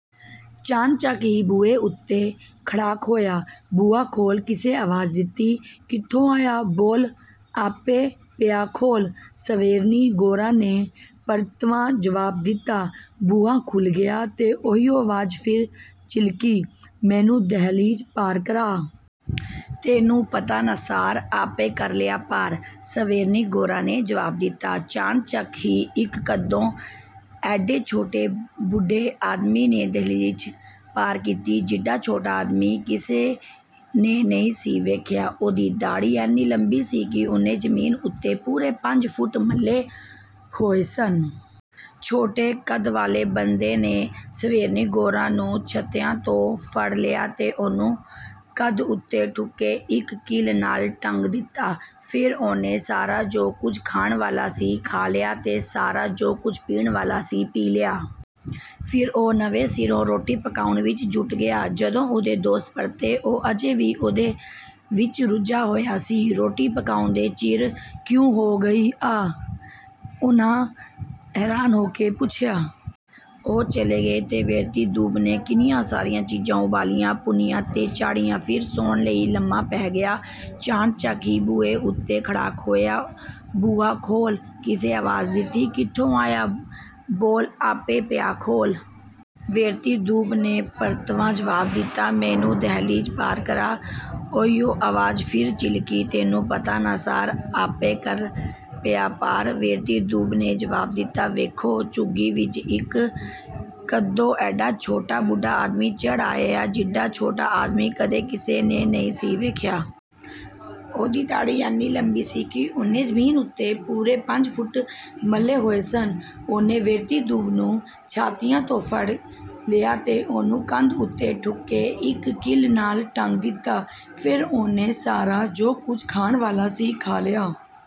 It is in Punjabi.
ਚਾਣਚੱਕ ਹੀ ਬੂਹੇ ਉੱਤੇ ਖੜਾਕ ਹੋਇਆ। “ਬੂਹਾ ਖੋਲ੍ਹ!” ਕਿਸੇ ਆਵਾਜ਼ ਦਿੱਤੀ। “ਕਿੱਥੋਂ ਆਇਆਂ? ਬੋਲ, ਆਪੇ ਪਿਆ ਖੋਲ੍ਹ!” ਸਵੇਰਨੀ-ਗੋਰਾ ਨੇ ਪਰਤਵਾਂ ਜਵਾਬ ਦਿੱਤਾ। ਬੂਹਾ ਖੁੱਲ੍ਹ ਗਿਆ ਤੇ ਉਹੀਓ ਆਵਾਜ਼ ਫਿਰ ਚਿਲਕੀ, “ਮੈਨੂੰ ਦਹਿਲੀਜ਼ ਪਾਰ ਕਰਾ!” “ਤੈਨੂੰ ਪਤਾ ਨਾ ਸਾਰ, ਆਪੇ ਕਰ ਪਿਆ ਪਾਰ!” ਸਵੇਰਨੀ-ਗੋਰਾ ਨੇ ਜਵਾਬ ਦਿੱਤਾ। ਚਾਣਚੱਕ ਹੀ ਇੱਕ ਕੱਦੋਂ ਐਡੇ ਛੋਟੇ ਬੁੱਢੇ ਆਦਮੀ ਨੇ ਦਹਿਲੀਜ਼ ਪਾਰ ਕੀਤੀ, ਜਿੱਡਾ ਛੋਟਾ ਆਦਮੀ ਕਿਸੇ ਨੇ ਨਹੀਂ ਸੀ ਵੇਖਿਆ। ਉਹਦੀ ਦਾੜ੍ਹੀ ਐਨੀ ਲੰਮੀ ਸੀ ਕਿ ਉਹਨੇ ਜ਼ਮੀਨ ਉੱਤੇ ਪੂਰੇ ਪੰਜ ਫੁੱਟ ਮੱਲੇ ਹੋਏ ਸਨ। ਛੋਟੇ ਕੱਦ ਵਾਲੇ ਬੰਦੇ ਨੇ ਸਵੇਰਨੀ-ਗੋਰਾ ਨੂੰ ਛੱਤੀਆਂ ਤੋਂ ਫੜ ਲਿਆ ਤੇ ਉਹਨੂੰ ਕੰਧ ਉੱਤੇ ਠੁਕੇ ਇੱਕ ਕਿੱਲ ਨਾਲ ਟੰਗ ਦਿੱਤਾ। ਫਿਰ ਉਹਨੇ ਸਾਰਾ ਜੋ ਕੁਝ ਖਾਣ ਵਾਲਾ ਸੀ, ਖਾ ਲਿਆ ਤੇ ਸਾਰਾ ਜੋ ਕੁਝ ਪੀਣ ਵਾਲਾ ਸੀ, ਪੀ ਲਿਆ। ਫਿਰ ਉਹ ਨਵੇਂ ਸਿਰੋਂ ਰੋਟੀ ਪਕਾਉਣ ਵਿੱਚ ਜੁੱਟ ਗਿਆ। ਜਦੋਂ ਉਹਦੇ ਦੋਸਤ ਪਰਤੇ, ਉਹ ਅਜੇ ਵੀ ਉਹਦੇ ਵਿੱਚ ਰੁੱਝਾ ਹੋਇਆ ਸੀ। “ਰੋਟੀ ਪਕਾਉਂਦਿਆਂ ਚਿਰ ਕਿਉਂ ਹੋ ਗਈ ਆ?” ਉਹਨਾਂ ਹੈਰਾਨ ਹੋ ਕੇ ਪੁੱਛਿਆ। ਉਹ ਚਲੇ ਗਏ ਤੇ ਵੇਰਤੀ-ਦੂਬ ਨੇ ਕਿੰਨੀਆਂ ਸਾਰੀਆਂ ਚੀਜ਼ਾਂ ਉਬਾਲੀਆਂ, ਭੁੰਨੀਆਂ ਤੇ ਚਾੜ੍ਹੀਆਂ। ਫਿਰ ਸੌਣ ਲਈ ਲੰਮਾ ਪੈ ਗਿਆ। ਚਾਣਚੱਕ ਹੀ ਬੂਹੇ ਉੱਤੇ ਖੜਾਕ ਹੋਇਆ। “ਬੂਹਾ ਖੋਲ੍ਹ!” ਕਿਸੇ ਆਵਾਜ਼ ਦਿੱਤੀ। “ਕਿੱਥੋਂ ਆਇਆਂ? ਬੋਲ, ਆਪੇ ਪਿਆ ਖੋਲ੍ਹ!” ਵੇਰਤੀ-ਦੂਬ ਨੇ ਪਰਤਵਾਂ ਜਵਾਬ ਦਿੱਤਾ। “ਮੈਨੂੰ ਦਹਿਲੀਜ਼ ਪਾਰ ਕਰਾ!” ਉਹੀਓ ਆਵਾਜ਼ ਫਿਰ ਚਿਲਕੀ। “ਤੈਨੂੰ ਪਤਾ ਨਾ ਸਾਰ, ਆਪੇ ਕਰ ਪਿਆ ਪਾਰ!” ਵੇਰਤੀ-ਦੂਬ ਨੇ ਜਵਾਬ ਦਿੱਤਾ। ਵੇਖੋ! ਝੁੱਗੀ ਵਿੱਚ ਇੱਕ ਕੱਦੋਂ ਐਡਾ ਛੋਟਾ ਬੁੱਢਾ ਆਦਮੀ ਚੜ੍ਹ ਆਇਆ, ਜਿੱਡਾ ਛੋਟਾ ਆਦਮੀ ਕਦੇ ਕਿਸੇ ਨੇ ਨਹੀਂ ਸੀ ਵੇਖਿਆ। ਉਹਦੀ ਦਾੜ੍ਹੀ ਐਨੀ ਲੰਮੀ ਸੀ ਕਿ ਉਹਨੇ ਜ਼ਮੀਨ ਉੱਤੇ ਪੂਰੇ ਪੰਜ ਫੁੱਟ ਮੱਲੇ ਹੋਏ ਸਨ। ਉਹਨੇ ਵੇਰਤੀ-ਦੂਬ ਨੂੰ ਛਾਤੀਆਂ ਤੋਂ ਫੜ ਲਿਆ ਤੇ ਉਹਨੂੰ ਕੰਧ ਉੱਤੇ ਠੁਕੇ ਇੱਕ ਕਿੱਲ ਨਾਲ ਟੰਗ ਦਿੱਤਾ। ਫਿਰ ਉਹਨੇ ਸਾਰਾ ਜੋ ਕੁਝ ਖਾਣ ਵਾਲਾ ਸੀ, ਖਾ ਲਿਆ।